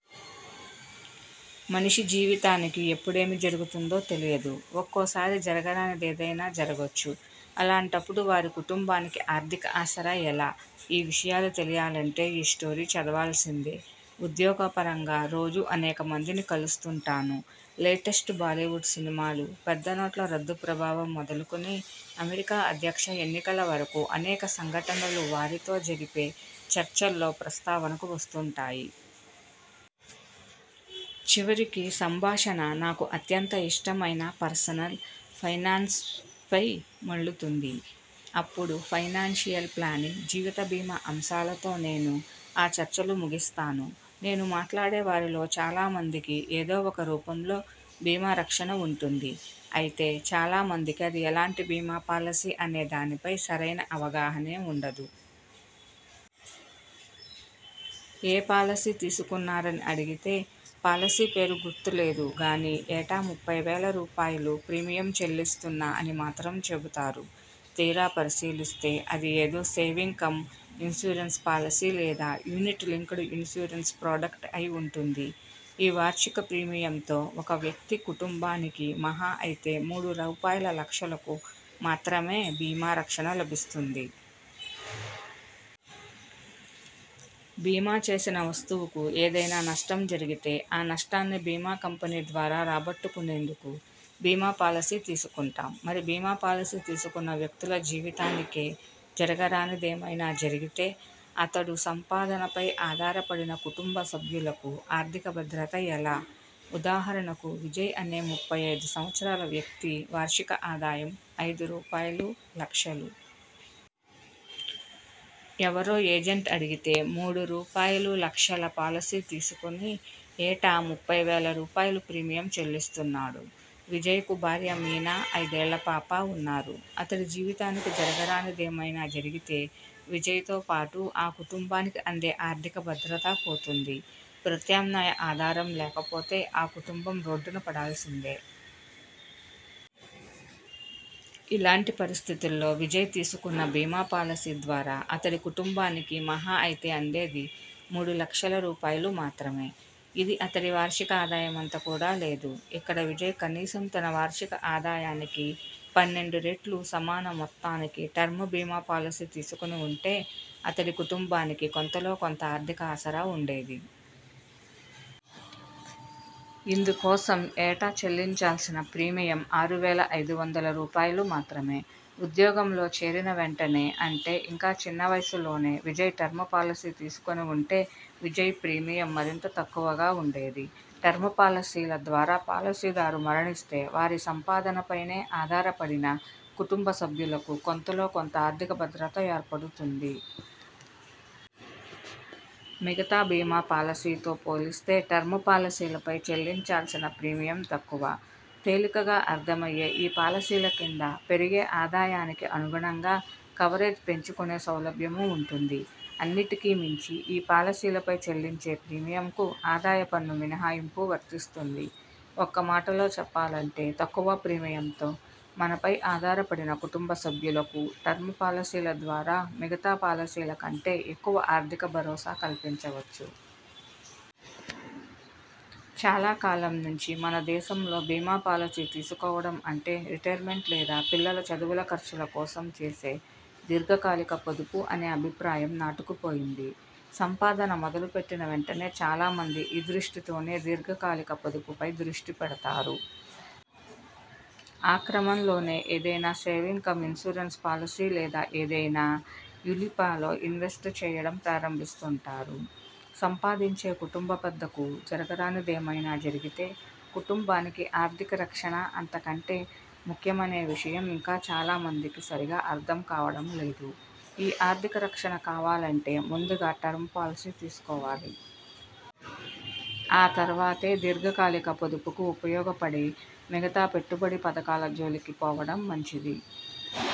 మనిషి జీవితానికి ఎప్పుడేమి జరుగుతుందో తెలియదు. ఒక్కోసారి జరగరానిదేదైనా జరగొచ్చు. అలాంటపుడు వారి కుటుంబానికి 'ఆర్థిక' ఆసరా ఎలా? ఈ విషయాలు తెలియాలంటే ఈ స్టోరీ చదవాల్సిందే. ఉద్యోగపరంగా రోజూ అనేక మందిని కలుస్తుంటాను. లేటెస్ట్ బాలీవుడ్ సినిమాలు, పెద్ద నోట్ల రద్దు ప్రభావం మొదలుకుని అమెరికా అధ్యక్ష ఎన్నికల వరకు అనేక సంఘటనలు వారితో జరిపే చర్చల్లో ప్రస్తావనకు వస్తుంటాయి. చివరికి సంభాషణ నాకు అత్యంత ఇష్టమైన పర్సనల్ ఫైనాన్స్వైపే మళ్లుతుంది. అపుడు ఫైనాన్షియల్ ప్లానింగ్, జీవిత బీమా అంశాలతో నేను ఆ చర్చలు ముగిస్తాను. నేను మాట్లాడే వారిలో చాలా మందికి ఏదో ఒక రూపంలో బీమా రక్షణ ఉంటుంది. అయితే చాలా మందికి అది ఎలాంటి బీమా పాలసీ అనే దానిపై సరైన అవగాహనే ఉండదు. ఏ పాలసీ తీసుకున్నారని అడిగితే 'పాలసీ పేరు గుర్తు లేదు గానీ ఏటా ముప్పై వేల రూపాయలుప్రీమియం చెల్లిస్తున్నా' అని మాత్రం చెబుతారు. తీరా పరిశీలిస్తే అది ఏదో సేవింగ్ కమ్ ఇన్సూరెన్స్ పాలసీ లేదా యూనిట్ లింక్డ్ ఇన్సూరెన్స్ ప్రొడక్ట్' అయి ఉంటుంది. ఈ వార్షిక ప్రీమియంతో ఒక వ్యక్తి కుటుంబానికి మహా అయితే మూడు రూపాయలులక్షలకు మాత్రమే బీమా రక్షణ లభిస్తుంది. బీమా చేసిన వస్తువుకు ఏదైనా నష్టం జరిగితే ఆ నష్టాన్ని బీమా కంపెనీ ద్వారా రాబట్టుకునేందుకు బీమా పాలసీ తీసుకుంటాం. మరి బీమా పాలసీ తీసుకున్న వ్యక్తుల జీవితానికే జరగరానిదేమైనా జరిగితే? అతడు ె సంపాదనపై ఆధారపడిన కుటుంబ సభ్యులకు 'ఆర్థిక' భద్రత ఎలా?. ఉదాహరణకు విజయ్ అనే ముప్పై ఐదు సంవత్సరాల వ్యక్తి వార్షిక ఆదాయం ఐదు రూపాయలులక్షలు. ఎవరో ఏజెంట్ అడిగితే మూడు రూపాయలులక్షల పాలసీ తీసుకుని ఏటా ముప్పై వేల రూపాయలుప్రీమియం చెల్లిస్తున్నాడు. విజయ్కు భార్య మీనా, ఐదేళ్ల పాప ఉన్నారు. అతడి జీవితానికి జరగరానిదేమైనా జరిగితే? విజయ్తో పాటు ఆ కుటుంబానికి అందే 'ఆర్థిక' భద్రతాపోతుంది. ప్రత్యామ్నాయ ఆధారం లేకపోతే ఆ కుటుంబం రోడ్డున పడాల్సిందే. ఇలాంటి పరిస్థితుల్లో విజయ్ తీసుకున్న బీమా పాలసీ ద్వారా అతడి కుటుంబానికి మహా అయితే అందేది మూడు లక్షల రూపాయలు మాత్రమే. ఇది అతడి వార్షిక ఆదాయమంత కూడా లేదు. ఇక్కడ విజయ్ కనీసం తన వార్షిక ఆదాయానికి పన్నెండు రెట్లు సమాన మొత్తానికి టర్మ్ బీమా పాలసీ తీసుకుని ఉంటే అతడి కుటుంబానికి కొంతలో కొంత ఆర్థిక ఆసరా ఉండేది. ఇందుకోసం ఏటా చెల్లించాల్సిన ప్రీమియం ఆరు వేల ఐదు వందల రూపాయలుమాత్రమే. ఉద్యోగంలో చేరిన వెంటనే అంటే ఇంకా చిన్న వయసులోనే విజయ్ టర్మ్ పాలసీ తీసుకుని ఉంటే ప్రీమియం మరింత తక్కువగా ఉండేది. టర్మ్ పాలసీల ద్వారా పాలసీదారు మరణిస్తే వారి సంపాదనపైనే ఆధారపడిన కుటుంబ సభ్యులకు కొంతలో కొంత ఆర్థిక భద్రత ఏర్పడుతుంది. మిగతా బీమా పాలసీతో పోలిస్తే టర్మ్ పాలసీలపై చెల్లించాల్సిన ప్రీమియం తక్కువ. తేలికగా అర్థమయ్యే ఈ పాలసీల కింద పెరిగే ఆదాయానికి అనుగుణంగా కవరేజ్ పెంచుకునే సౌలభ్యమూ ఉంటుంది. అన్నిటికి మించి ఈ పాలసీలపై చెల్లించే ప్రీమియంకు ఆదాయ పన్ను మినహాయింపూ వర్తిస్తుంది. ఒక్క మాటలో చెప్పాలంటే తక్కువ ప్రీమియంతో మనపై ఆధారపడిన కుటుంబ సభ్యులకు టర్మ్ పాలసీల ద్వారా మిగతా పాలసీల కంటే ఎక్కువ 'ఆర్థిక' భరోసా కల్పించవచ్చు. చాలా కాలం నుంచి మన దేశంలో బీమా పాలసీ తీసుకోవడం అంటే రిటైర్మెంట్ లేదా పిల్లల చదువుల ఖర్చుల కోసం చేసే దీర్ఘకాలిక పొదుపు అనే అభిప్రాయం నాటుకుపోయింది. సంపాదన మొదలు పెట్టిన వెంటనే చాలా మంది ఈ దృష్టితోనే దీర్ఘకాలిక పొదుపుపై దృష్టి పెడతారు. ఆ క్రమంలోనే ఏదైనా సేవింగ్ కమ్ ఇన్సూరెన్స్ పాలసీ లేదా ఏదైనా యులి్పలో ఇన్వెస్ట్ చేయడం ప్రారంభిస్తుంటారు. సంపాదించే కుటుంబ పెద్దకు జరగరానిదేమైనా జరిగితే, కుటుంబానికి ఆర్థిక రక్షణ అంతకంటే ముఖ్యమనే విషయం ఇంకా చాలా మందికి సరిగా అర్థం కావడం లేదు. ఈ ఆర్థిక రక్షణ కావాలంటే ముందుగా టర్మ్ పాలసీ తీసుకోవాలి. ఆ తర్వాతే దీర్ఘకాలిక పొదుపుకు ఉపయోగపడే మిగతా పెట్టుబడి పథకాల జోలికి పోవడం మంచిది.